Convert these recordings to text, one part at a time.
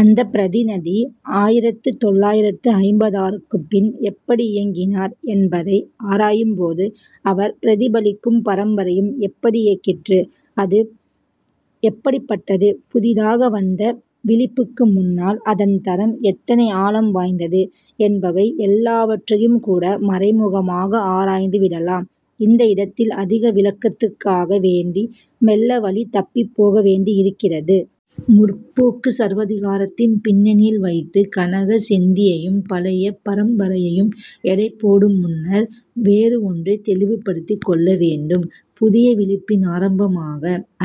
அந்தப் பிரதிநிதி ஆயிரத்து தொள்ளாயிரத்து ஐம்பத்தாறுக்குப் பின் எப்படி இயங்கினார் என்பதை ஆராயும்போது அவர் பிரதிபலிக்கும் பரம்பரையும் எப்படி இயக்கிற்று, அது எப்படிப்பட்டது, புதிதாக வந்த விழிப்புக்கு முன்னால் அதன் தரம் எத்தனை ஆழம் வாய்ந்தது என்பவை எல்லாவற்றையுங்கூட மறைமுகமாக ஆராய்ந்துவிடலாம். இந்த இடத்தில் அதிக விளக்கத்துக்காக வேண்டி மெல்ல வழி தப்பிப் போகவேண்டியிருக்கிறது. 'முற்போக்கு'ச் சர்வாதிகாரத்தின் பின்னணியில் வைத்துக் கனக செந்தியையும் பழைய பரம்பரையையும் எடைபோடும் முன்னர் வேறு ஒன்றைத் தெளிவுபடுத்திக்கொள்ள வேண்டும். புதிய விழிப்பின் ஆரம்பமாக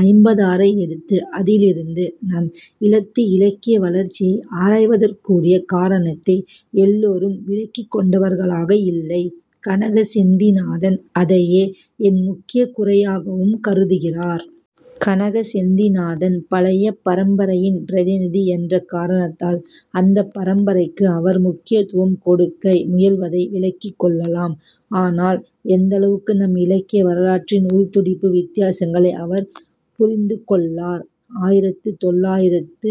ஐம்பதாறை எடுத்து அதிலிருந்து நம் ஈழத்து இலக்கிய வளர்ச்சியை ஆராய்வதற்குரிய காரணத்தை எல்லாரும் விளங்கிக்கொண்டவர்களாக இல்லை. கனக செந்திநாதன் அதையே என் முக்கியக் குறையாகவும் கருதுகிறார். கனக செந்திநாதன் பழைய பரம்பரையின் பிரதிநிதி என்ற காரணத்தால் அந்தப் பரம்பரைக்கு அவர் முக்கியத்துவம் கொடுக்க முயல்வதை விளங்கிக்கொள்ளலாம். ஆனால் எந்தளவுக்கு நம் இலக்கிய வரலாற்றின் உள்துடிப்பு வித்தியாசங்களை அவர் புரிந்துகொள்ளார். ஆயிரத்து தொள்ளாயிரத்து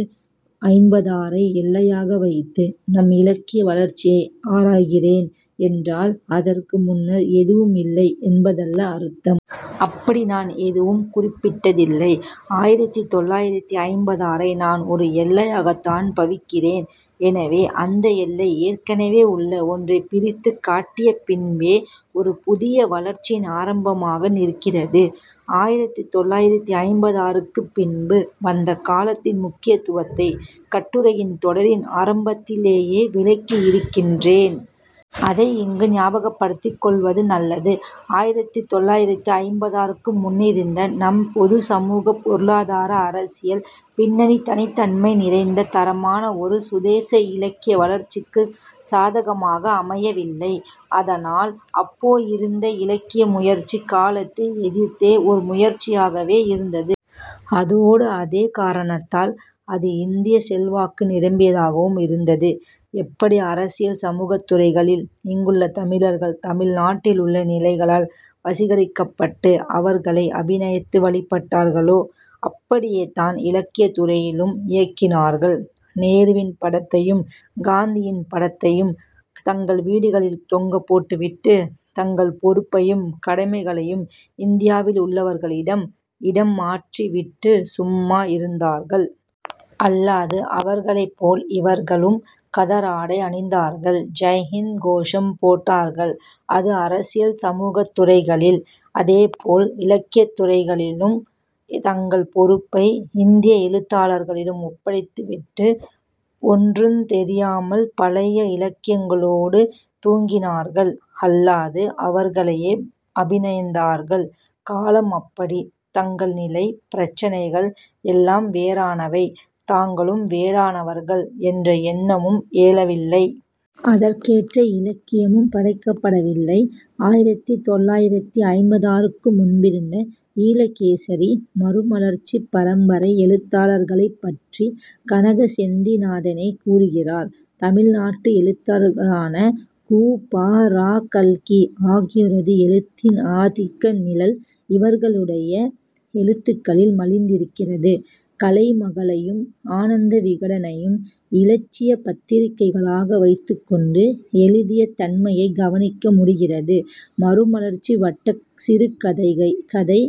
ஐம்பத்தாறை எல்லையாக வைத்து நம் இலக்கிய வளர்ச்சியை ஆராய்கிறேன் என்றால் அதற்கு முன்னர் எதுவும் இல்லை என்பதல்ல அர்த்தம். அப்படி நான் எதுவும் குறிப்பிட்டதில்லை. ஆயிரத்து தொள்ளாயிரத்து ஐம்பத்தாறை நான் ஓர் எல்லையாகத்தான் பாவிக்கிறேன். எனவே, அந்த எல்லை ஏற்கனவே உள்ள ஒன்றைப் பிரித்துக் காட்டிய பின்பே ஒரு புதிய வளர்ச்சியின் ஆரம்பமாக நிற்கிறது. ஆயிரத்து தொள்ளாயிரத்து ஐம்பத்தாறுக்குப் பின்பு வந்த காலத்தின் முக்கியத்துவத்தை இக்கட்டுரைத் தொடரின் ஆரம்பத்திலேயே விளக்கியிருக்கின்றேன். அதை இங்கு ஞாபகப்படுத்திக்கொள்வது நல்லது. ஆயிரத்து தொள்ளாயிரத்து ஐம்பத்தாறுக்கு முன்னிருந்த நம் பொதுச் சமூக, பொருளாதார, அரசியல் பின்னணி தனித்தன்மை நிறைந்த தரமான ஒரு சுதேச இலக்கிய வளர்ச்சிக்குச் சாதகமாக அமையவில்லை. அதனால் அப்போ இருந்த இலக்கிய முயற்சி காலத்தை எதிர்த்த ஒரு முயற்சியாகவே இருந்தது. அதோடு அதே காரணத்தால் அது இந்தியச் செல்வாக்கு நிரம்பியதாகவும் இருந்தது. எப்படி அரசியல் சமூகத்துறைகளில் இங்குள்ள தமிழர்கள் தமிழ்நாட்டிலுள்ள நிலைகளால் வசீகரிக்கப்பட்டு அவர்களை அபிநயித்து வழிபட்டார்களோ அப்படியேதான் இலக்கியத்துறையிலும் இயங்கினார்கள். நேருவின் படத்தையும் காந்தியின் படத்தையும் தங்கள் வீடுகளில் தொங்கப்போட்டுவிட்டு, தங்கள் பொறுப்பையும் கடமைகளையும் இந்தியாவிலுள்ளவர்களிடம் இடம் மாற்றிவிட்டு சும்மா இருந்தார்கள். அல்லது அவர்களைப்போல் இவர்களும் கதர் ஆடை அணிந்தார்கள். 'ஜெய் ஹிந்த்' கோசம் போட்டார்கள். அது அரசியல் சமூகத்துறைகளில். அதேபோல் இலக்கியத்துறையிலும் தங்கள் பொறுப்பை இந்திய எழுத்தாளர்களிடம் ஒப்படைத்துவிட்டு ஒன்றுந் தெரியாமல் பழைய இலக்கியங்களோடு தூங்கினார்கள் அல்லது அவர்களையே அபிநயித்தார்கள். காலம் அப்படி. தங்கள் நிலை, பிரச்சினைகள் எல்லாம் வேறானவை, தாங்களும் வேறானவர்கள் என்ற எண்ணமும் எழவில்லை. அதற்கேற்ற இலக்கியமும் படைக்கப்படவில்லை. ஆயிரத்து தொள்ளாயிரத்து ஐம்பத்தாறுக்கு முன்பிருந்த ஈழகேசரி, மறுமலர்ச்சிப் பரம்பரை எழுத்தாளர்களைப்பற்றி கனக செந்திநாதனே கூறுகிறார். தமிழ்நாட்டு எழுத்தாளர்களான கு. ப. ரா. 'கல்கி' ஆகியோரது எழுத்தின் ஆதிக்க நிழல் இவர்களுடைய எழுத்துகளில் மலிந்திருக்கிறது. 'கலைமகளை'யும் 'ஆனந்தவிகடனை'யும் இலட்சியப் பத்திரிகைகளாக வைத்துக்கொண்டு எழுதிய தன்மையைக் கவனிக்க முடிகிறது மறுமலர்ச்சி வட்டச் சிறுகதை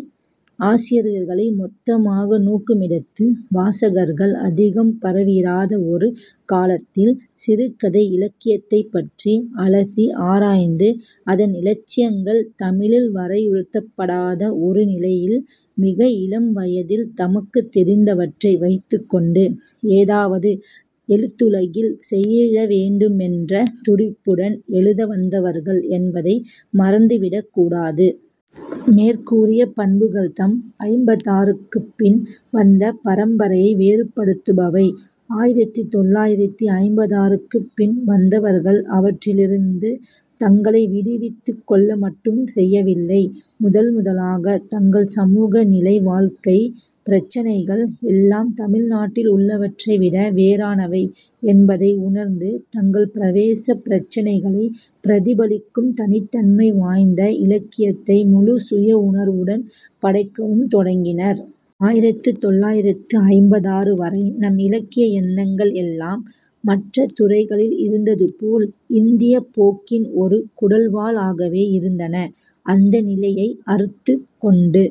ஆசிரியர்களை மொத்தமாக நோக்குமிடத்து வாசகர்கள் அதிகம் பரவியிராத ஒரு காலத்தில், சிறுகதை இலக்கியத்தைப்பற்றி அலசி ஆராய்ந்து அதன் இலட்சணங்கள் தமிழில் வரையறுக்கப்படாத ஒரு நிலையில், மிக இளம்வயதில் தமக்குத் தெரிந்தவற்றை வைத்துக்கொண்டு, ஏதாவது எழுத்துலகில் செய்யவேண்டுமென்ற துடிப்புடன் எழுத வந்தவர்கள் என்பதை மறந்துவிடக் கூடாது. மேற்கூறிய பண்புகள்தாம் ஐம்பத்தாறுக்குப் பின் வந்த பரம்பரையை வேறுபடுத்துபவை. ஆயிரத்து தொள்ளாயிரத்து ஐம்பத்தாறுக்குப் பின் வந்தவர்கள் அவற்றிலிருந்து தங்களை விடுவித்துக்கொள்ள மட்டும் செய்யவில்லை; முதல் முதலாகத் தங்கள் சமூகநிலை, வாழ்க்கை, பிரச்சினைகள் எல்லாம் தமிழ்நாட்டில் உள்ளவற்றை விட வேறானவை என்பதை உணர்ந்து தங்கள் பிரவேசப் பிரச்சினைகளைப் பிரதிபலிக்கும் தனித்தன்மை வாய்ந்த இலக்கியத்தை முழுச் சுயஉணர்வுடன் படைக்கவும் தொடங்கினர். ஆயிரத்து தொள்ளாயிரத்து ஐம்பத்தாறு வரை நம் இலக்கிய எண்ணங்கள் எல்லாம் மற்ற துறைகளில் இருந்ததுபோல் இந்தியப் போக்கின் ஒரு குடல்வால் ஆகவே இருந்தன. அந்த நிலையை அறுத்துக்கொண்டு